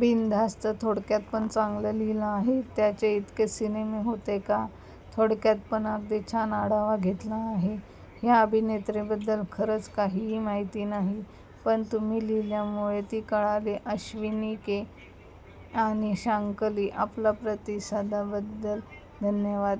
बिनधास्त, थोडक्यात पण चांगलं लिहिलं आहे. त्यांचे इतकेच सिनेमे होते का? थोडक्यात पण अगदी छान आढावा घेतला आहे. ह्या अभिनेत्रीबद्दल खरंच काहीही माहिती नाही. पण तुम्ही लिहिल्यामुळे ती कळाली. अश्विनि के. आणि शांकली, आपल्या प्रतिसाद बद्दल धन्यवाद!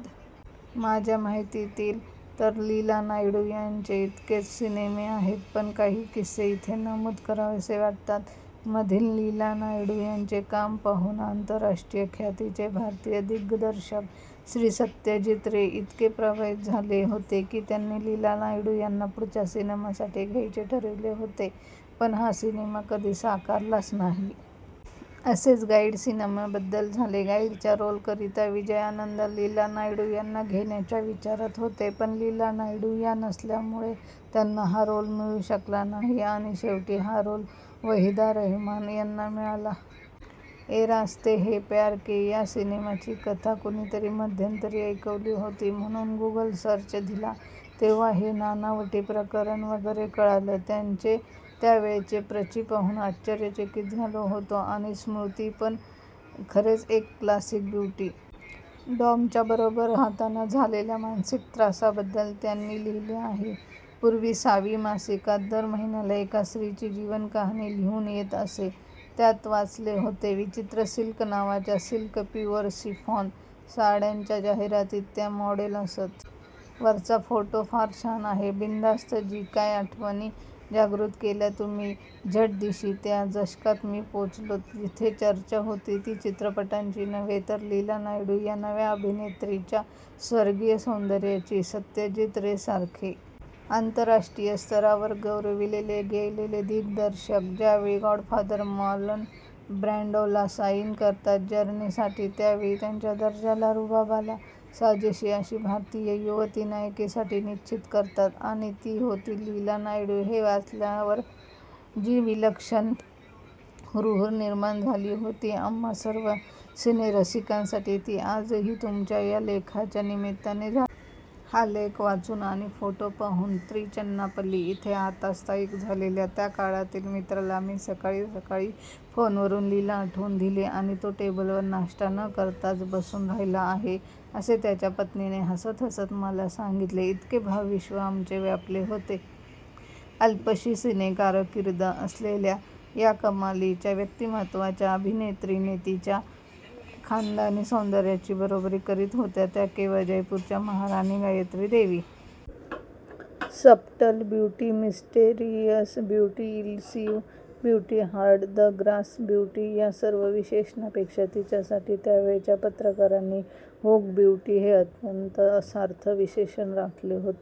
माझ्या माहितीतील तर लीला नायडू यांचे इतकेच सिनेमे आहेत. पण काही किस्से इथे नमूद करावेसे वाटतात! '' मधील लीला नायडू यांचे काम पाहून अंतरराष्ट्रीय ख्यातीचे भारतीय दिग्दर्शक श्री सत्यजित रे इतके प्रभावित झाले होते कि त्यांनी लीला नायडू याना पुढच्या सिनेमा साठी घ्यायचे ठरविले होते पण हा सिनेमा कधी साकारालाच नाही! असेच 'गाईड' सिनेमा बद्दल झाले गाईडच्या रोल करीता विजयानंद लीला नायडू याना घेण्याच्या विचारात होते. पण लीला नायडू या नसल्यामुळे त्यांना हा रोल मिळू शकला नाही आणि शेवटी हा रोल वहिदा रेहमान यांना मिळाला! ये रास्ते है प्यार के या सिनेमाची कथा कुणीतरी मध्यंतरी ऐकवली होती म्हणून गूगल सर्च दिला तेव्हां हे नानावटी प्रकरण वगैरे कळालं. त्यांचे त्यावेळचे प्रचि पाहून आश्चर्यचकित झालो होतो. आणि स्मृती पण. खरेच एक क्लासिक ब्युटी. डॉमच्या बरोबर राहताना झालेल्या मानसिक त्रासा बद्दल त्यांनि लिहीले आहे. पूर्वी सावी मासिकात दर महिन्याला एका स्त्रीची जीवनकहाणी लिहून येत असे त्यात वाचले होते. विचित्र सिल्क नावाच्या सिल्क/ प्युअर शिफॉन साड्यांच्या जाहिरातीत त्या मॉडेल असत. वरचा फोटो फार छान आहे. बिनधास्त जीकाय आठवणी जागृत केल्या तुम्ही! झटदिशी त्या दशकात मी पोचलो जिथे चर्चा होती ती चित्रपटाची नव्हे तर 'लीला नायडू' या नव्या अभिनेत्रीच्या स्वर्गीय सौंदर्याची. सत्यजीत रे सारखे आंतरराष्ट्रीय स्तरावर गौरविले गेलेले दिग्दर्शक ज्यावेळी "गॉडफादर" मार्लन ब्रॅण्डोला साईन करतात 'जर्नी' साठी त्यावेळी त्याच्या दर्जाला रुबाबाला साजेशी अशी भारतीय युवती नायिकेसाठी निश्चित करतात आणि ती होती 'लीला नायडू' हे वाचल्यावर जी विलक्षण हुरहूर निर्माण झाली होती आम्हा सर्व सिनेरसिकांसाठी ती आजही तुमच्या या लेखाच्या निमित्ताने झाली. हा लेख वाचून आणि फोटो पाहून त्रिचन्नापल्ली इथे आता स्थायिक झालेल्या 'त्या' काळातील मित्राला मी सकाळीसकाळी फोनवरून 'लीला' आठवून दिलीआणि तो टेबलवर नाष्टा न करताच बसून राहिला आहे असे त्याच्या पत्नीने हसतहसत मला सांगितलेइतके भावविश्व आमचे व्यापले होते अल्पशी सिनेकारकिर्द असलेल्या या कमालीच्या व्यक्तिमत्वाच्या अभिनेत्रीनेतिच्या खानदानी सौंदर्याची बरोबरी करीत होत्या त्या केवळ जयपूरच्या महाराणी Gayatri Devi. "Subtle beauty mysterious beauty elusive beauty hard to grasp beauty" या सर्व विशेषणांपेक्षा तिच्यासाठी त्यावेळेच्या पत्रकारांनी 'व्होग ब्यूटी' हे अत्यंत सार्थ विशेषण राखले होते.